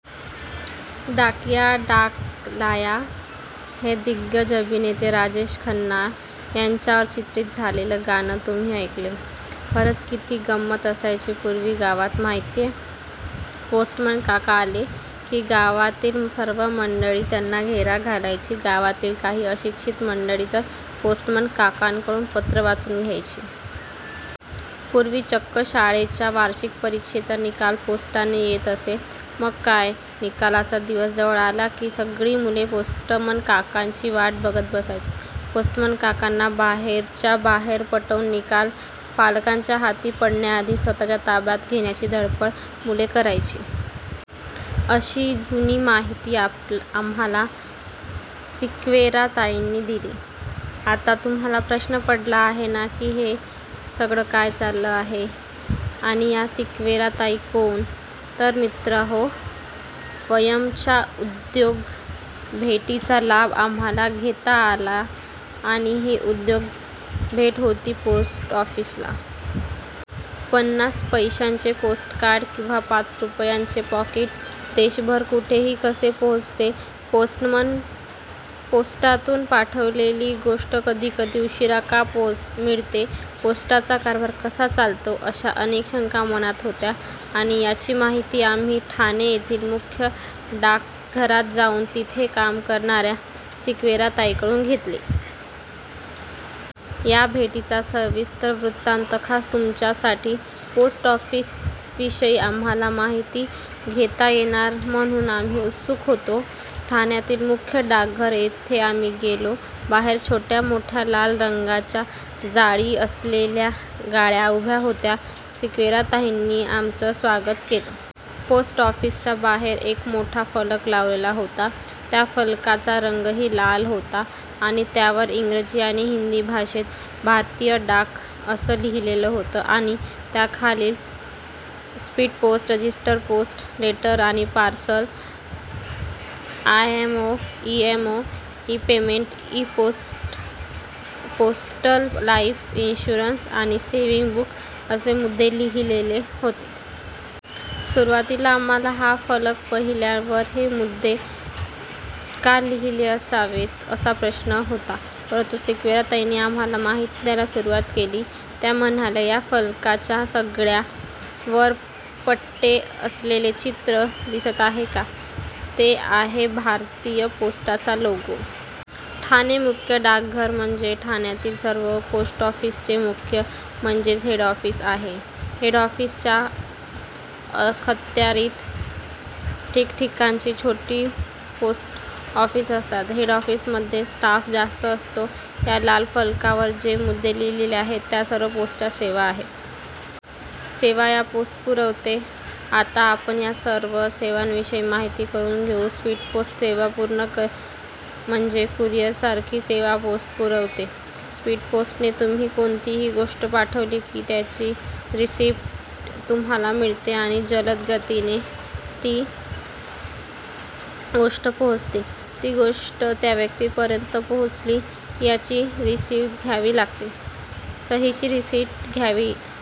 ​डाकिया डाक लाया... ' हे दिग्गज अभिनेते राजेश खन्ना यांच्यावर चित्रित झालेलं गाणं तुम्ही ऐकलंय? खरंच किती गंमत असायची पूर्वी गावात माहितीये? पोस्टमन काका आले की गावातील सर्व मंडळी त्यांना घेरा घालायची. गावातील काही अशिक्षित मंडळी तर पोस्टमन काकांकडून पत्र वाचून घ्यायची. पूर्वी चक्क शाळेच्या वार्षिक परीक्षेचा निकाल पोस्टाने येत असे. मग काय, निकालाचा दिवस जवळ आला की, सगळी मुले पोस्टमन काकांची वाट बघत बसायची. पोस्टमन काकांना बाहेरच्या बाहेर पटवून निकाल पालकांच्या हाती पडण्याआधी स्वतःच्या ताब्यात घेण्याची धडपड मुले करायची.... अशी जुनी माहिती आम्हांला सिक्वेरा ताईंनी दिली. आता तुम्हांला प्रश्न पडला असेल ना, की हे सगळं काय चाललं आहे आणि या सिक्वेरा ताई कोण? तर मित्रहो, 'वयम्'च्या उद्योग भेटीचा लाभ आम्हांला घेता आला आणि ही उद्योग भेट होती पोस्ट ऑफिसला. पन्नास पैशांचे पोस्टकार्ड किंवा पाच रुपयांचे पाकीट देशभर कुठेही कसे पोहोचते, पोस्टातून पाठवलेली गोष्ट कधी कधी उशिरा का मिळते, पोस्टाचा कारभार कसा चालतो- अशा अनेक शंका मनात होत्या आणि त्याची माहिती आम्ही ठाणे येथील मुख्य डाकघरात जाऊन तिथे काम करणाऱ्या सिक्वेरा ताईंकडून घेतली. या भेटीचा सविस्तर वृत्तान्त खास तुमच्यासाठी... पोस्ट ऑफिसविषयी आम्हांला माहिती घेता येणार म्हणून आम्ही खूप उत्सुक होतो. ठाण्यातील मुख्य डाकघर येथे आम्ही गेलो. बाहेर छोट्या-मोठ्या लाल रंगाच्या जाळी असलेल्या गाड्या उभ्या होत्या. सिक्वेरा ताईंनी आमचं स्वागत केलं. पोस्ट ऑफिसच्या बाहेर एक मोठा फलक लावलेला होता. त्या फलकाचा रंगही लाल होता आणि त्यावर इंग्रजी आणि हिंदी भाषेत 'भारतीय डाक' असं लिहिलेलं होतं आणि त्याखाली speed post, register post, letter आणि parcel, I MO, e MO, e payment, e post, postal life insurance आणि सेव्हिंग बँक असे मुद्दे लिहिलेले होते. सुरुवातीला आम्हांला हा फलक पाहिल्यावर हे मुद्दे का लिहिले असावेत, असा प्रश्न पडला होता. परंतु सिक्वेरा ताईंनी आम्हांला माहिती द्यायला सुरुवात केली. त्या म्हणाल्या, "या फलकाच्या सगळ्यात वर पट्टे असलेलं चित्र दिसतं आहे, तो आहे भारतीय पोस्टाचा लोगो! ठाणे मुख्य डाकघर म्हणजे हे ठाण्यातील सर्व पोस्ट ऑफिसचे मुख्य म्हणजेच हेड ऑफिस आहे. हेड ऑफिसच्या अखत्यारीत ठिकठिकाणची छोटी पोस्ट ऑफिस असतात. हेड ऑफिसमध्ये स्टाफ जास्त असतो. या लाल फलकावर जे मुद्दे लिहिले आहेत, त्या सर्व पोस्टाच्या सेवा आहेत. या सेवा पोस्ट पुरवते. आता आपण या सर्व सेवांविषयी माहिती करून घेऊ. स्पीड पोस्ट सेवा म्हणजे कुरिअरसारखी सेवा पोस्ट पुरवते. स्पीड पोस्टने तुम्ही कोणतीही गोष्ट पाठवली की त्याची रिसीट तुम्हांला मिळते आणि जलद गतीने ती गोष्ट पोहोचते. ती गोष्ट त्या व्यक्तीपर्यंत पोहोचली याची सहीची रिसिट घ्यावी"